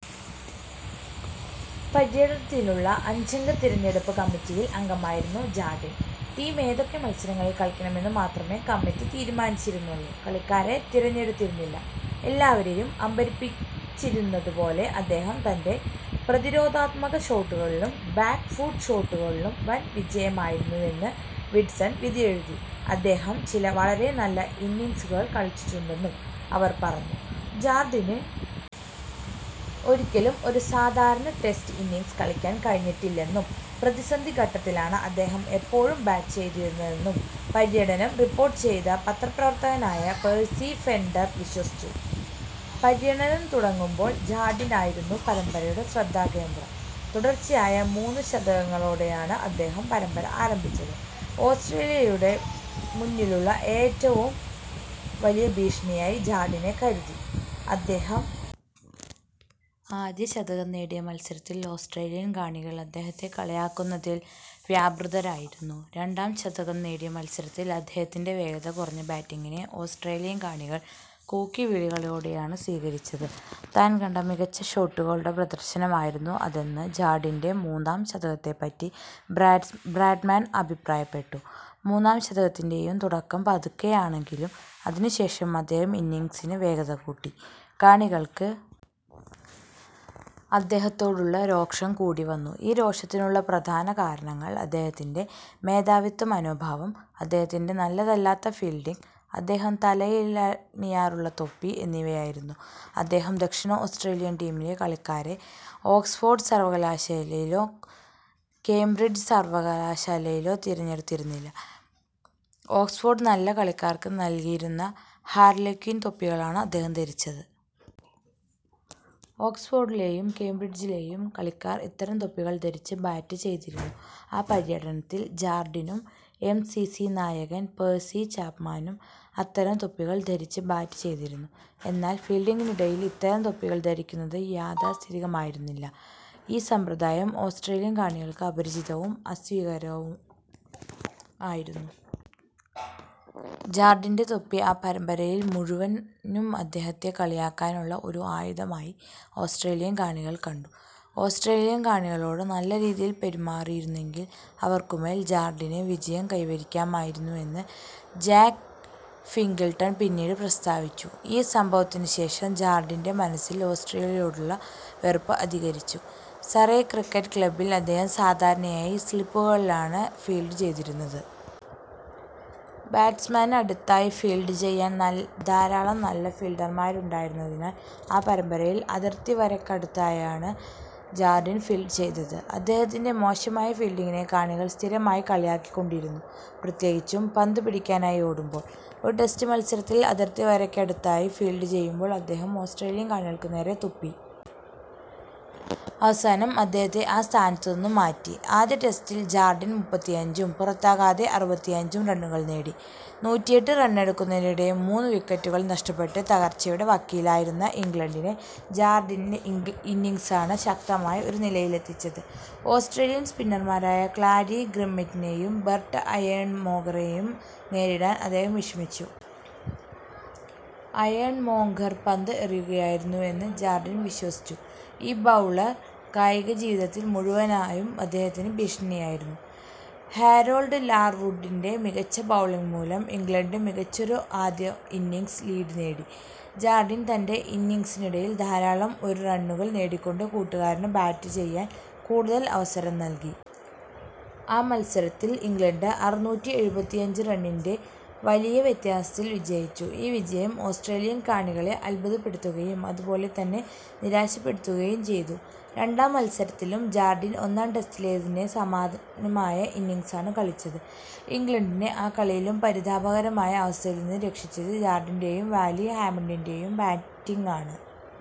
പര്യടനത്തിനുള്ള അഞ്ചംഗ തിരഞ്ഞെടുപ്പ് കമ്മിറ്റിയിൽ അംഗമായിരുന്നു ജാർഡിൻ. ടീം ഏതൊക്കെ മത്സരങ്ങളിൽ കളിക്കണമെന്ന് മാത്രമേ കമ്മിറ്റി തീരുമാനിച്ചിരുന്നുള്ളൂ, കളിക്കാരെ തിരഞ്ഞെടുത്തിരുന്നില്ല. എല്ലാവരേയും അമ്പരപ്പിച്ചിരുന്നതു പോലെ അദ്ദേഹം തൻ്റെ പ്രതിരോധാത്മക ഷോട്ടുകളിലും ബാക്ക് ഫുട്ട് ഷോട്ടുകളിലും വൻവിജയമായിരുന്നുവെന്ന് വിസ്ഡൺ വിധിയെഴുതി. അദ്ദേഹം ചില വളരെ നല്ല ഇന്നിംഗ്സുകൾ കളിച്ചിട്ടുണ്ടെന്നും അവർ പറഞ്ഞു. ജാർഡിന് ഒരിക്കലും ഒരു സാധാരണ ടെസ്റ്റ് ഇന്നിംഗ്സ് കളിക്കാൻ കഴിഞ്ഞിട്ടില്ലെന്നും, പ്രതിസന്ധി ഘട്ടത്തിലാണ് അദ്ദേഹം എപ്പോഴും ബാറ്റ് ചെയ്തിരുന്നതെന്നും, പര്യടനം റിപ്പോർട്ട് ചെയ്ത പത്രപ്രവർത്തകനായ പേഴ്സി ഫെൻഡർ വിശ്വസിച്ചു. പര്യടനം തുടങ്ങുമ്പോൾ ജാർഡിനായിരുന്നു പരമ്പരയുടെ ശ്രദ്ധാകേന്ദ്രം. തുടർച്ചയായ മൂന്ന് ശതകങ്ങളോടെയാണ് അദ്ദേഹം പരമ്പര ആരംഭിച്ചത്. ഓസ്ട്രേലിയയുടെ മുന്നിലുള്ള ഏറ്റവും വലിയ ഭീഷണിയായി ജാർഡിനെ കരുതി. അദ്ദേഹം ആദ്യ ശതകം നേടിയ മത്സരത്തിൽ ഓസ്ട്രേലിയൻ കാണികൾ അദ്ദേഹത്തെ കളിയാക്കുന്നതിൽ വ്യാപൃതരായിരുന്നു. രണ്ടാം ശതകം നേടിയ മത്സരത്തിൽ അദ്ദേഹത്തിൻ്റെ വേഗത കുറഞ്ഞ ബാറ്റിംഗിനെ ഓസ്ട്രേലിയൻ കാണികൾ കൂക്കിവിളികളോടെയാണ് സ്വീകരിച്ചത്. താൻ കണ്ട മികച്ച ഷോട്ടുകളുടെ പ്രദർശനമായിരുന്നു അതെന്ന് ജാർഡിൻ്റെ മൂന്നാം ശതകത്തെപ്പറ്റി ബ്രാഡ്മാൻ അഭിപ്രായപ്പെട്ടു. മൂന്നാം ശതകത്തിൻ്റെ യും തുടക്കം പതുക്കെയായിരുന്നെങ്കിലും, അതിനുശേഷം അദ്ദേഹം ഇന്നിംഗ്സിന് വേഗത കൂട്ടി. കാണികൾക്ക് അദ്ദേഹത്തോടുള്ള രോഷം കൂടി വന്നു. ഈ രോഷത്തിനുള്ള പ്രധാന കാരണങ്ങൾ അദ്ദേഹത്തിൻ്റെ മേധാവിത്വ മനോഭാവം, അദ്ദേഹത്തിൻ്റെ നല്ലതല്ലാത്ത ഫീൽഡിംഗ്, അദ്ദേഹം തലയിലണിയാറുള്ള തൊപ്പി എന്നിവയായിരുന്നു. അദ്ദേഹം ദക്ഷിണ ഓസ്ട്രേലിയൻ ടീമിലെ കളിക്കാരെ ഓക്സ്ഫോർഡ് സർവകലാശാലയിലോ കേംബ്രിഡ്ജ് സർവകലാശാലയിലോ തിരഞ്ഞെടുത്തിരുന്നില്ല. ഓക്സ്ഫോർഡിലെ നല്ല കളിക്കാർക്ക് നൽകിയിരുന്ന ഹാർലെക്വിൻ തൊപ്പികളാണ് അദ്ദേഹം ധരിച്ചിരുന്നത്. ഓക്സ്ഫോർഡിലെയും കേംബ്രിഡ്ജിലെയും കളിക്കാർ ഇത്തരം തൊപ്പികൾ ധരിച്ച് ബാറ്റ് ചെയ്തിരുന്നു.ആ പര്യടനത്തിൽ ജാർഡിനും എം സി സി നായകൻ പേഴ്സി ചാപ്മാനും അത്തരം തൊപ്പികൾ ധരിച്ച് ബാറ്റ് ചെയ്തിരുന്നു. എന്നാൽ ഫീൽഡിംഗിനിടയിൽ ഇത്തരം തൊപ്പികൾ ധരിക്കുന്നത് യാഥാസ്ഥിതികമായിരുന്നില്ല. ഈ സമ്പ്രദായം ഓസ്ട്രേലിയൻ കാണികൾക്ക് അപരിചിതവും അസ്വീകാര്യവുമായിരുന്നു. ജാർഡിൻ്റെ തൊപ്പി ആ പരമ്പരയിൽ മുഴുവനും അദ്ദേഹത്തെ കളിയാക്കാനുള്ള ഒരു ആയുധമായി ഓസ്ട്രേലിയൻ കാണികൾ കണ്ടു. ഓസ്ട്രേലിയൻ കാണികളോട് നല്ല രീതിയിൽ പെരുമാറിയിരുന്നെങ്കിൽ അവർക്കുമേൽ ജാർഡിന് വിജയം കൈവരിക്കാമായിരുന്നുവെന്ന് ജാക്ക് ഫിംഗിൾട്ടൺ പിന്നീട് പ്രസ്താവിച്ചു. ഈ സംഭവത്തിനുശേഷം ജാർഡിൻ്റെ മനസ്സിൽ ഓസ്ട്രേലിയയോടുള്ള വെറുപ്പ് അധികരിച്ചു. സറേ ക്രിക്കറ്റ് ക്ലബ്ബിൽ അദ്ദേഹം സാധാരണയായി സ്ലിപ്പുകളിലാണ് ഫീൽഡ് ചെയ്തിരുന്നത്. ബാറ്റ്സ്മാന് അടുത്തായി ഫീൽഡ് ചെയ്യാൻ ധാരാളം നല്ല ഫീൽഡർമാരുണ്ടായിരുന്നതിനാൽ, ആ പരമ്പരയിൽ അതിർത്തിവരക്കടുത്തായാണ് ജാർഡിൻ ഫീൽഡ് ചെയ്തത്. അദ്ദേഹത്തിൻ്റെ മോശമായ ഫീൽഡിംഗിനെ കാണികൾ സ്ഥിരമായി കളിയാക്കിക്കൊണ്ടിരുന്നു, പ്രത്യേകിച്ചും പന്ത് പിടിക്കാനായി ഓടുമ്പോൾ. ഒരു ടെസ്റ്റ് മത്സരത്തിൽ അതിർത്തിവരക്കടുത്തായി ഫീൽഡ് ചെയ്യുമ്പോൾ അദ്ദേഹം ഓസ്ട്രേലിയൻ കാണികൾക്ക് നേരെ തുപ്പി. അവസാനം അദ്ദേഹത്തെ ആ സ്ഥാനത്തുനിന്ന് മാറ്റി.ആദ്യ ടെസ്റ്റിൽ ജാർഡിൻ മുപ്പത്തിയഞ്ചും പുറത്താകാതെ അറുപത്തിയഞ്ചും റണ്ണുകൾ നേടി. നൂറ്റിയെട്ട് റണ്ണെടുക്കുന്നതിനിടെ മൂന്ന് വിക്കറ്റുകൾ നഷ്ടപ്പെട്ട് തകർച്ചയുടെ വക്കിലായിരുന്ന ഇംഗ്ലണ്ടിനെ ജാർഡിൻ്റെ ഇന്നിംഗ്സാണ് ശക്തമായ ഒരു നിലയിലെത്തിച്ചത്. ഓസ്ട്രേലിയൻ സ്പിന്നർമാരായ ക്ലാരി ഗ്രിമ്മെറ്റിനെയും ബെർട്ട് അയേൺമോംഗറെയും നേരിടാൻ അദ്ദേഹം വിഷമിച്ചു. അയേൺമോംഗർ പന്ത് എറിയുകയായിരുന്നുവെന്ന് ജാർഡിൻ വിശ്വസിച്ചു. ഈ ബൗളർ കായികജീവിതത്തിൽ മുഴുവനായും അദ്ദേഹത്തിന് ഭീഷണിയായിരുന്നു. ഹാരോൾഡ് ലാർവുഡിൻ്റെ മികച്ച ബൗളിംഗ് മൂലം ഇംഗ്ലണ്ട് മികച്ചൊരു ആദ്യ ഇന്നിംഗ്സ് ലീഡ് നേടി. ജാർഡിൻ തൻ്റെ ഇന്നിംഗ്സിനിടയിൽ ധാരാളം ഒരു റണ്ണുകൾ നേടിക്കൊണ്ട് കൂട്ടുകാരന് ബാറ്റ് ചെയ്യാൻ കൂടുതൽ അവസരം നൽകി. ആ മത്സരത്തിൽ ഇംഗ്ലണ്ട് അറുനൂറ്റി എഴുപത്തിയഞ്ച് റണ്ണിൻ്റെ വലിയ വ്യത്യാസത്തിൽ വിജയിച്ചു. ഈ വിജയം ഓസ്ട്രേലിയൻ കാണികളെ അത്ഭുതപ്പെടുത്തുകയും അതുപോലെ തന്നെ നിരാശപ്പെടുത്തുകയും ചെയ്തു.രണ്ടാം മത്സരത്തിലും ജാർഡിൻ ഒന്നാം ടെസ്റ്റിലേതിനു സമാനമായ ഇന്നിംഗ്സാണ് കളിച്ചത്. ഇംഗ്ലണ്ടിനെ ആ കളിയിലും പരിതാപകരമായ അവസ്ഥയിൽനിന്ന് രക്ഷിച്ചത് ജാർഡിൻ്റെ യും വാലി ഹാമണ്ടിൻ്റെ യും ബാറ്റിംഗാണ്.